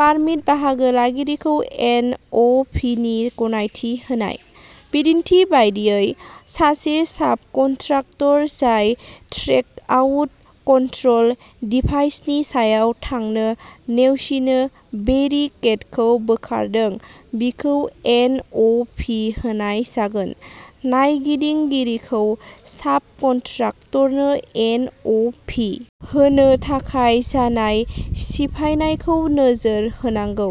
Permit बाहागो लागिरिखौ N. O. V. नि गनायथि होनाय। बिदिन्थि बायदियै, सासे साबकन्ट्राक्टर जाय ट्रेकआउट कन्ट्रल डिभाइसनि सायाव थांनो नेवसिनो बेरिकेडखौ बोखारदों बिखौ एन. अ. भि. होनाय जागोन। नायदिंगिरिखौ साबकन्ट्राक्टरनो एन. अ. भि. होनो थाखाय जानाय सिफायनायखौ नोजोर होनांगौ।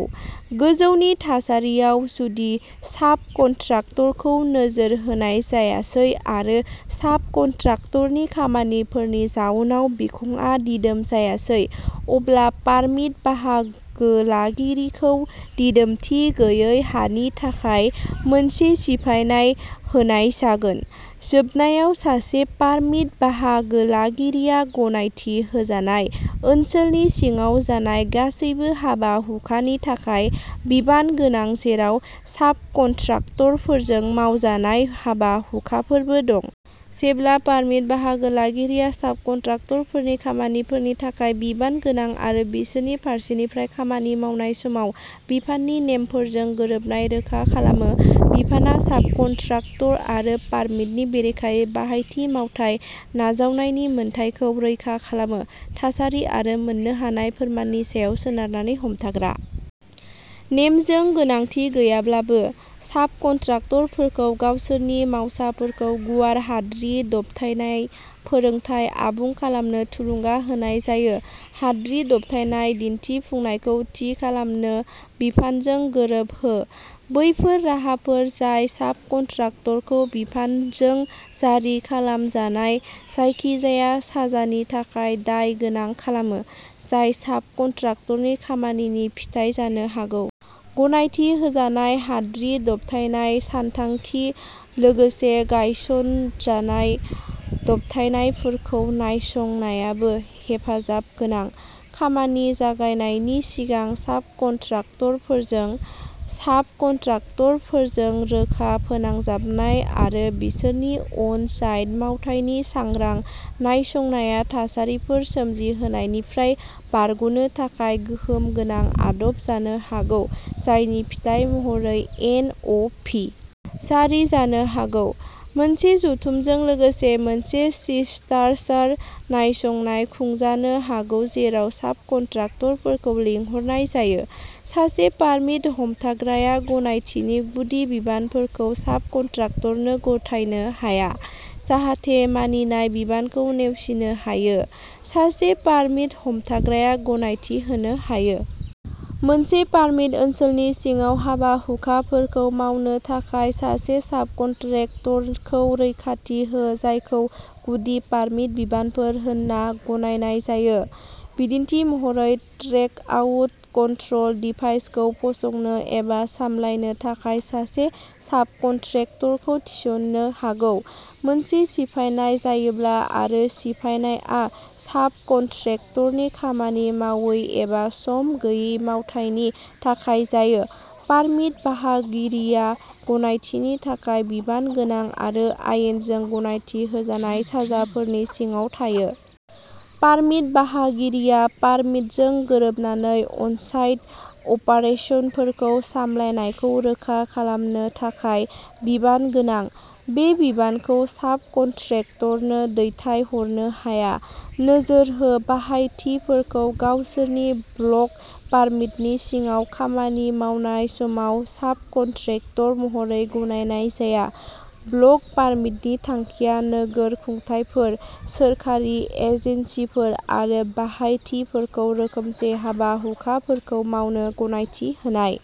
गोजौनि थासारियाव, जुदि साबकन्ट्राक्टरखौ नोजोर होनाय जायासै आरो साबकन्ट्राक्टरनि खामानिफोरनि जाउनाव बिखंआ दिदोम जायासै, अब्ला पारमिट बाहागोलागिरिखौ दिदोमथि गैयै हानि थाखाय मोनसे सिफायनाय होनाय जागोन। जोबनायाव, सासे पारमिट बाहागोलागिरिया गनायथि होजानाय ओनसोलनि सिङाव जानाय गासैबो हाबा-हुखानि थाखाय बिबान गोनां जेराव साबकन्ट्राक्टरफोरजों मावजानाय हाबा-हुखाफोरबो दं। जेब्ला पारमिट बाहागोलागिरिया साबकन्ट्राक्टरफोरनि खामानिफोरनि थाखाय बिबान गोनां आरो बिसोरनि फारसेनिफ्राय खामानि मावनाय समाव बिफाननि नेमफोरजों गोरोबनाय रोखा खालामो बिफानआ साबकन्ट्राक्टर आरो पारमिटनि बेरेखायै बाहायथि मावथाय नाजावनायनि मोन्थाइखौ रैखा खालामो। थासारि आरो मोन्नो हानाय फोरमाननि सायाव सोनारनानै हमथाग्रा। नेमजों गोनांथि गैयाब्लाबो, साबकन्ट्राक्टरफोरखौ गावसोरनि मावसाफोरखौ गुवार हाद्रि दबथायनाय फोरोंथाय आबुं खालामनो थुलुंगा होनाय जायो। हाद्रि दबथायनाय दिन्थिफुंनायखौ थि खालामनो बिफानजों गोरोबहो। बैफोर राहाफोर जाय साबकन्ट्राक्टरखौ बिफानजों जारि खालामजानाय जायखिजाया साजानि थाखाय दाय गोनां खालामो, जाय साबकन्ट्राक्टरनि खामानिनि फिथाय जानो हागौ। गनायथि होजानाय हाद्रि दबथायनाय सानथांखि, लोगोसे गायसनजानाय दबथायनायफोरखौ नायसंनायाबो हेफाजाब गोनां, खामानि जागायनायनि सिगां साबकन्ट्राक्टरफोरजों। साबकन्ट्राक्टरफोरजों रोखा फोनांजाबनाय आरो बिसोरनि अन-साइट मावथायनि सांग्रां नायसंनाया थासारिफोर सोमजिहोनायनिफ्राय बारग'नो थाखाय गोहोम गोनां आदब जानो हागौ जायनि फिथाय महरै एन.अ.भि जारि जानो हागौ। मोनसे जथुमजों लोगोसे मोनसे शिष्टाचार नायसंनाय खुंजानो हागौ जेराव साबकन्ट्राक्टरफोरखौ लिंहरनाय जायो। सासे पारमिट हमथाग्राया गनायथिनि गुदि बिबानफोरखौ साबकन्ट्राक्टरनो गथायनो हाया, जाहाथे मानिनाय बिबानखौ नेवसिनो हायो। सासे पारमिट हमथाग्राया गनायथि होनो हायो। मोनसे पारमिट ओनसोलनि सिङाव हाबा-हुखाफोरखौ मावनो थाखाय सासे साबकन्ट्रेक्टरखौ रैखाथि हो जायखौ गुदि पारमिट बिबानफोर होनना गनायनाय जायो। बिदिन्थि महरै, ट्रेकआउट कन्ट्रल डिभाइसखौ फसंनो एबा सामलायनो थाखाय सासे साबकन्ट्रेक्टरखौ थिसननो हागौ। मोनसे सिफायनाय जायोब्ला आरो सिफायनायआ साबकन्ट्रेक्टरनि खामानि मावै एबा सम गैयै मावथायनि थाखाय जायो, पारमिट बाहागिरिया गनायथिनि थाखाय बिबान गोनां आरो आयेनजों गनायथि होजानाय साजाफोरनि सिङाव थायो। पारमिट बाहागिरिया पारमिटजों गोरोबनानै अनसाइट अपारेसनफोरखौ सामलायनायखौ रोखा खालामनो थाखाय बिबान गोनां। बे बिबानखौ साबकन्ट्रेक्टरनो दैथायहरनो हाया। नोजोर हो बाहायथिफोरखौ गावसोरनि ब्लक पारमिटनि सिङाव खामानि मावनाय समाव साबकन्ट्रेक्टर महरै गनायनाय जाया। ब्लक पारमिटनि थांखिया नोगोर खुंथायफोर, सोरखारि एजेन्सिफोर आरो बाहायथिफोरखौ रोखोमसे हाबा-हुखाफोरखौ मावनो गनायथि होनाय।